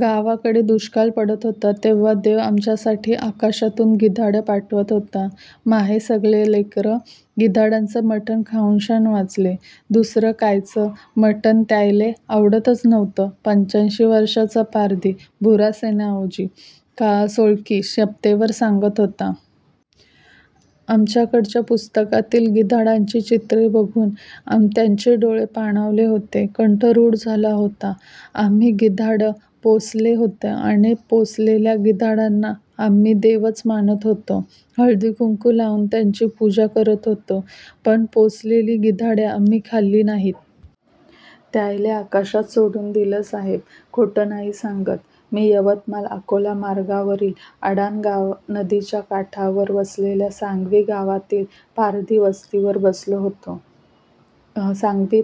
गावाकडे दुष्काळ पडत होता तेव्हा देव आमच्यासाठी आकाशातून गिधाडं पाठवत होता. माहे सगळे लेकरं गिधाडायचं मटण खाऊनशान वाचले. दुसरं कायचं मटण त्यायले आवडतच नव्हतं. पंच्याऐंशी वर्षांचा पारधी भुरा सोनावजी सोळंकी शपथेवर सांगत होता. माझ्याकडच्या पुस्तकातील गिधाडांची चित्रे बघुन त्याचे डोळे पाणावले होते. कंठ रुद्ध झाला होता. आम्ही गिधाडं पोसले होते अन पोसलेल्या गिधाडायला आमी देवच मानत होतो. हळदकुंकू लावून त्यांची पूजा करत होतो. पण पोसलेली गिधाडे आम्ही खाल्ली नाही. त्याहिले आकाशात सोडून दिलं साहेब. खोटं नाही सांगत. मी यवतमाळ अकोला मार्गावरील अडाण नदीच्या काठावर वसलेल्या सांगवी गावातील पारधी वस्तीवर बसलो होतो. सांगवी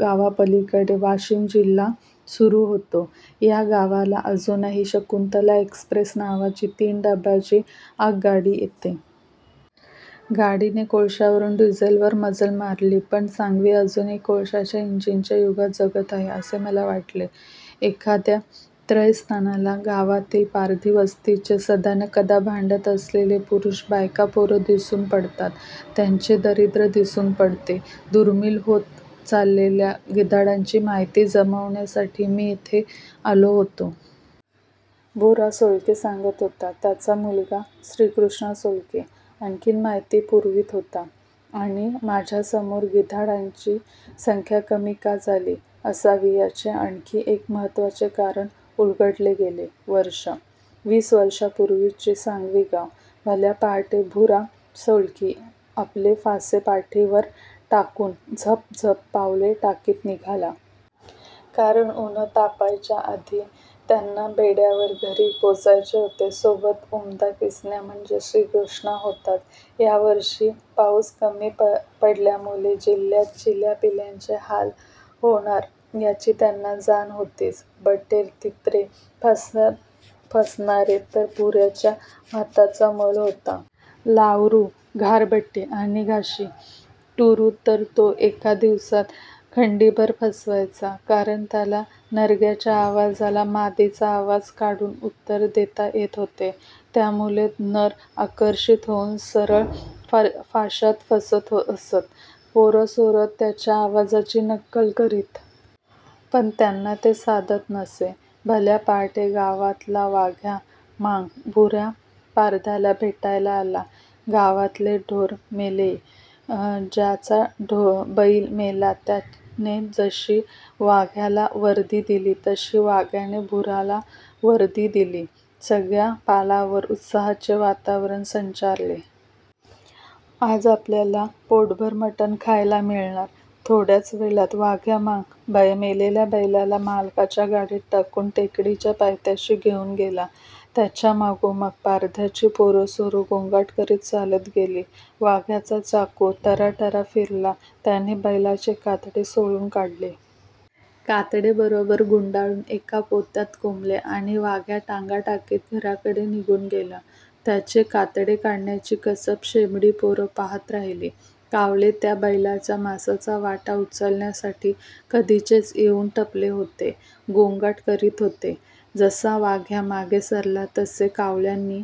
गावापलीकडे वाशिम जिल्हा सुरू होतो. या गावाला अजूनही शकुंतला एक्सप्रेस नावाची तीन डब्याची आगगाडी येते. गाडीने कोळशावरून डिझेलवर मजल मारली पण सांगवी अजूनही कोळशाच्या इंजिनच्या युगात जगत आहे असे मला वाटले. एखाद्या त्रयस्थाला गावातील पारधी वस्तीवरचे सदानकदा भांडत असलेले पुरुष बायकापोरं दिसून पडतात. त्यांचे दारिद्र्य दिसून पडते. दुर्मिळ होत चाललेल्या गिधाडांची माहिती जमविण्यासाठी मी येथे आलो होतो. भुरा सोळंके सांगत होता. त्याचा मुलगा श्रीकृष्णा सोळंके आणखी माहिती पुरवीत होता. आणि माझ्यासमोर गिधाडांची संख्या कमी का झाली असावी याचे आणखी एक महत्त्वाचे कारण उलगडले गेले! वर्ष. वीस वर्षांपूर्वीचे सांगवी गाव. भल्या पहाटे भुरा सोळंकी आपले फासे पाठीवर टाकून झपझप पावले टाकीत निघाला. कारण उन्हं तापायाच्या आधी त्याला बेड्यावर घरी परतायचे होते. सोबत उमदा कीसन्या म्हणजे श्रीकृष्णा होताच. यावर्षी पाऊस कमी पडल्यामुळे जिल्ह्यात चिल्ल्यापाल्यांचे हाल होणार याची त्यांना जाण होतीच. बटेर, तितरे फास्यात फसवणे तर भुराच्या हातचा मळ होता. लावळू, घागरबाटी आणि घाशी टुरु तर तो एका दिवसात खंडीभर फसवायचा. कारण त्याला नरग्याच्या आवाजाला मादीचा आवाज काढून उत्तर देता येत होते. त्यामुळे नर आकर्षित होऊन सरळ फास्यात फसत असत. पोरंसोरं त्याच्या आवाजाची नक्कल करीत. पण त्यांना ते साधत नसे. भल्या पहाटे गावातला वाघ्या मांग भुरा पारध्याला भेटायला आला. गावातले ढोर मेलेय. ज्याचा बैल मेला त्याने जशी वाघ्याला वर्दी दिली तशी वाघ्याने भुराला वर्दी दिली. सगळ्या पालावर उत्साहाचे वातावरण संचारले. आज आपल्याला पोटभर मटन खायला मिळणार. थोड्याच वेळात वाघ्या मांग मेलेल्या बैलाला मालकाच्या गाडीत टाकून टेकडीच्या पायथ्याशी घेऊन गेला. त्याच्या मागोमाग पारध्यांची पोरंसोरं गोंगाट करीत चालत गेली. वाघ्याचा चाकू टराटरा फिरला. त्याने बैलाचे कातडे सोलून काढले. कातडे बरोबर गुंडाळून एका पोत्यात कोंबले आणि वाघ्या टांगा टाकीत घराकडे निघून गेला. त्याचे कातडी काढण्याचे कसब शेंबडी पोरं पहात राहिली. कावळे त्या बैलाच्या मांसाचा वाटा उचलण्यासाठी कधीचेच येऊन टपले होते. गोंगाट करीत होते. जसा वाघ्या मागे सरला तसे कावळ्यांनी